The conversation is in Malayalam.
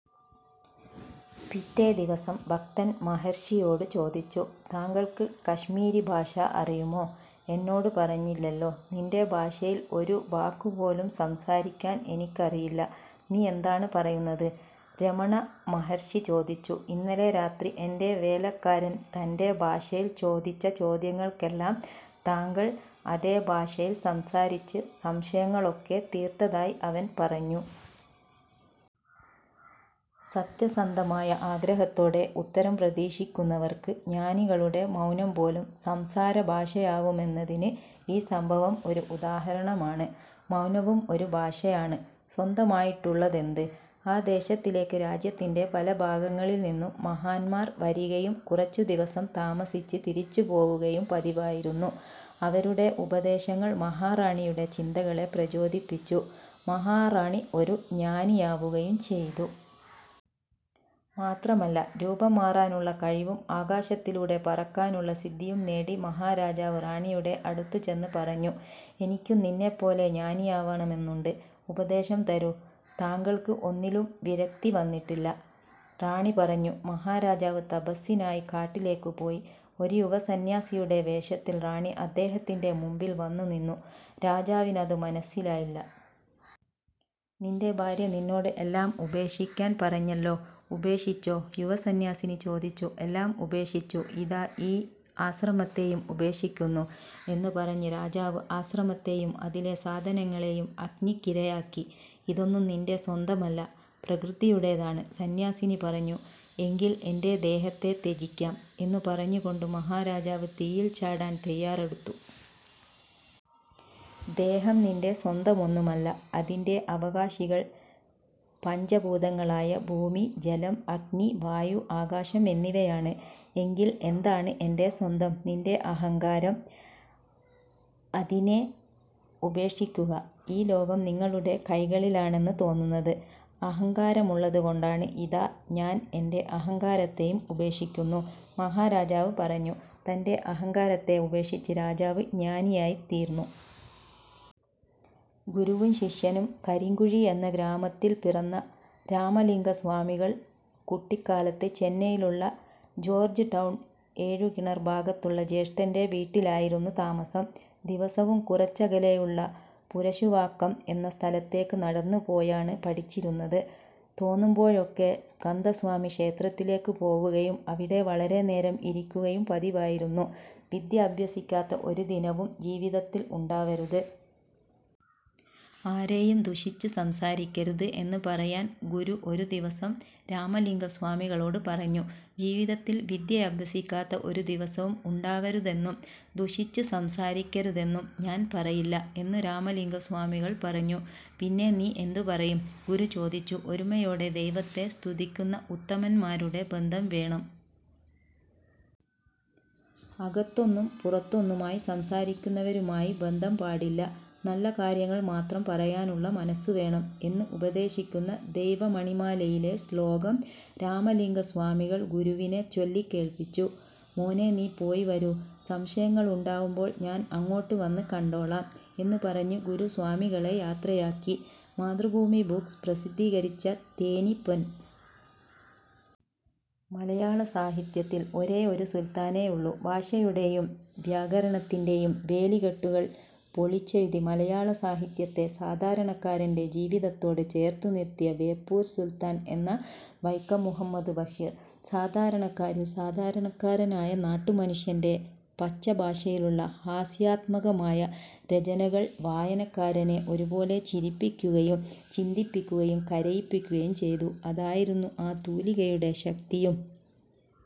പിറ്റേദിവസം ഭക്തന് മഹര്ഷിയോട് ചോദിച്ചു:''താങ്കള്ക്ക് കശ്മീരിഭാഷ അറിയുമോ. എന്നോട് പറഞ്ഞില്ലല്ലോ. '' ''നിന്റെ ഭാഷയില് ഒരു വാക്കുപോലും സംസാരിക്കാന് എനിക്കറിയില്ല. നീ എന്താണ് പറയുന്നത്. '' രമണമഹര്ഷി ചോദിച്ചു. ''ഇന്നലെ രാത്രി എന്റെ വേലക്കാരന് തന്റെ ഭാഷയില് ചോദിച്ച ചോദ്യങ്ങള്ക്കെല്ലാം താങ്കള് അതേഭാഷയില് സംസാരിച്ച് സംശയങ്ങളൊക്കെ തീര്ത്തതായി അവന് പറഞ്ഞു. '' സത്യസന്ധമായ ആഗ്രഹത്തോടെ ഉത്തരം പ്രതീക്ഷിക്കുന്നവര്ക്ക് ജ്ഞാനികളുടെ മൗനംപോലും സംസാരഭാഷയാവുമെന്നതിന് ഈ സംഭവം ഒരു ഉദാഹരണമാണ്. മൗനവും ഒരു ഭാഷയാണ്. സ്വന്തമായിട്ടുള്ളതെന്ത്. ആ ദേശത്തിലേക്ക് രാജ്യത്തിന്റെ പല ഭാഗങ്ങളില്നിന്നും മഹാന്മാര് വരികയും കുറച്ചുദിവസം താമസിച്ച് തിരിച്ചുപോവുകയും പതിവായിരുന്നു. അവരുടെ ഉപദേശങ്ങള് മഹാറാണിയുടെ ചിന്തകളെ പ്രചോദിപ്പിച്ചു. മഹാറാണി ഒരു ജ്ഞാനിയാവുകയും ചെയ്തു. മാത്രമല്ല, രൂപം മാറാനുള്ള കഴിവും ആകാശത്തിലൂടെ പറക്കാനുള്ള സിദ്ധിയും നേടി. മഹാരാജാവ് റാണിയുടെ അടുത്തുചെന്ന് പറഞ്ഞു:''എനിക്കും നിന്നെപ്പോലെ ജ്ഞാനിയാവണമെന്നുണ്ട്. ഉപദേശം തരൂ. '' ''താങ്കള്ക്ക് ഒന്നിലും വിരക്തിവന്നിട്ടില്ല,'' റാണി പറഞ്ഞു. മഹാരാജാവ് തപസ്സിനായി കാട്ടിലേക്കുപോയി. ഒരു യുവസന്ന്യാസിനിയുടെ വേഷത്തില് റാണി അദ്ദേഹത്തിന്റെ മുമ്പില് വന്നുനിന്നു. രാജാവിനത് മനസ്സിലായില്ല. ''നിന്റെ ഭാര്യ നിന്നോട് എല്ലാം ഉപേക്ഷിക്കാന് പറഞ്ഞല്ലോ, ഉപേക്ഷിച്ചോ. '' യുവസന്ന്യാസിനി ചോദിച്ചു. 'എല്ലാം ഉപേക്ഷിച്ചു. ഇതാ ഈ ആശ്രമത്തെയും ഉപേക്ഷിക്കുന്നു' എന്നുപറഞ്ഞ് രാജാവ് ആശ്രമത്തെയും അതിലെ സാധനങ്ങളെയും അഗ്നിക്കിരയാക്കി. ''ഇതൊന്നും നിന്റെ സ്വന്തമല്ല. പ്രകൃതിയുടേതാണ്,'' സന്ന്യാസിനി പറഞ്ഞു. 'എങ്കില് എന്റെ ദേഹത്തെ ത്യജിക്കാം' എന്നുപറഞ്ഞുകൊണ്ട് മഹാരാജാവ് തീയില് ചാടാന് തയ്യാറെടുത്തു. ''ദേഹം നിന്റെ സ്വന്തമൊന്നുമല്ല. അതിന്റെ അവകാശികള് പഞ്ചഭൂതങ്ങളായ ഭൂമി, ജലം, അഗ്നി, വായു, ആകാശം എന്നിവയാണ്. '' ''എങ്കില് എന്താണ് എന്റെ സ്വന്തം. '' ''നിന്റെ അഹങ്കാരം. അതിനെ ഉപേക്ഷിക്കുക. ഈ ലോകം നിങ്ങളുടെ കൈകളിലാണെന്ന് തോന്നുന്നത് അഹങ്കാരമുള്ളതുകൊണ്ടാണ്. '' ''ഇതാ, ഞാന് എന്റെ അഹങ്കാരത്തെയും ഉപേക്ഷിക്കുന്നു,'' മഹാരാജാവ് പറഞ്ഞു. തന്റെ അഹങ്കാരത്തെ ഉപേക്ഷിച്ച് രാജാവ് ജ്ഞാനിയായിത്തീര്ന്നു. ഗുരുവും ശിഷ്യനും കരിങ്കുഴി എന്ന ഗ്രാമത്തില് പിറന്ന രാമലിംഗസ്വാമികള് കുട്ടിക്കാലത്ത് ചെന്നൈയിലുള്ള ജോര്ജ് ടൗണ് ഏഴുകിണര് ഭാഗത്തുള്ള ജ്യേഷ്ഠന്റെ വീട്ടിലായിരുന്നു താമസം. ദിവസവും കുറച്ചകലെയുള്ള പുരശുവാക്കം എന്ന സ്ഥലത്തേക്ക് നടന്നുപോയാണ് പഠിച്ചിരുന്നത്. തോന്നുമ്പോഴൊക്കെ സ്കന്ദസ്വാമി ക്ഷേത്രത്തിലേക്കുപോവുകയും അവിടെ വളരെനേരം ഇരിക്കുകയും പതിവായിരുന്നു. 'വിദ്യ അഭ്യസിക്കാത്ത ഒരു ദിനവും ജീവിതത്തില് ഉണ്ടാവരുത്. ആരെയും ദുഷിച്ച് സംസാരിക്കരുത്' എന്നുപറയാന് ഗുരു ഒരു ദിവസം രാമലിംഗസ്വാമികളോട് പറഞ്ഞു. 'ജീവിതത്തില് വിദ്യയഭ്യസിക്കാത്ത ഒരു ദിവസവും ഉണ്ടാവരുതെന്നും ദുഷിച്ച് സംസാരിക്കരുതെന്നും ഞാന് പറയില്ല' എന്നു രാമലിംഗസ്വാമികള് പറഞ്ഞു. ''പിന്നെ നീ എന്തുപറയും. '' ഗുരു ചോദിച്ചു. ''ഒരുമയോടെ ദൈവത്തെ സ്തുതിക്കുന്ന ഉത്തമന്മാരുടെ ബന്ധം വേണം. അകത്തൊന്നും പുറത്തൊന്നുമായി സംസാരിക്കുന്നവരുമായി ബന്ധം പാടില്ല. നല്ല കാര്യങ്ങള്മാത്രം പറയാനുള്ള മനസ്സുവേണം'' എന്ന് ഉപദേശിക്കുന്ന ദൈവമണിമാലയിലെ ശ്ലോകം രാമലിംഗസ്വാമികള് ഗുരുവിനെ ചൊല്ലിക്കേള്പ്പിച്ചു. 'മോനേ നീ പോയി വരൂ. സംശയങ്ങളുണ്ടാവുമ്പോള് ഞാന് അങ്ങോട്ടുവന്ന് കണ്ടോളാം' എന്നുപറഞ്ഞ് ഗുരു സ്വാമികളെ യാത്രയാക്കി. മാതൃഭൂമി ബുക്സ് പ്രസിദ്ധീകരിച്ച തേനി പൊന്. മലയാള സാഹിത്യത്തില് ഒരേയൊരു സുല്ത്താനേയുള്ളൂ. ഭാഷയുടെയും വ്യാകരണത്തിന്റെയും വേലിക്കെട്ടുകള് പൊളിച്ചെഴുതി, മലയാള സാഹിത്യത്തെ സാധാരണക്കാരന്റെ ജീവിതത്തോട് ചേര്ത്തു നിര്ത്തിയ ബേപ്പൂര് സുല്ത്താന് എന്ന വൈക്കം മുഹമ്മദ് ബഷീര്. സാധാരണക്കാരില് സാധാരണക്കാരനായ നാട്ടുമനുഷ്യന്റെ പച്ചഭാഷയിലുള്ള ഹാസ്യാത്മകമായ രചനകള് വായനക്കാരനെ ഒരുപോലെ ചിരിപ്പിക്കുകയും, ചിന്തിപ്പിക്കുകയും, കരയിപ്പിക്കുകയും ചെയ്തു. അതായിരുന്നു ആ തൂലികയുടെ ശക്തിയും.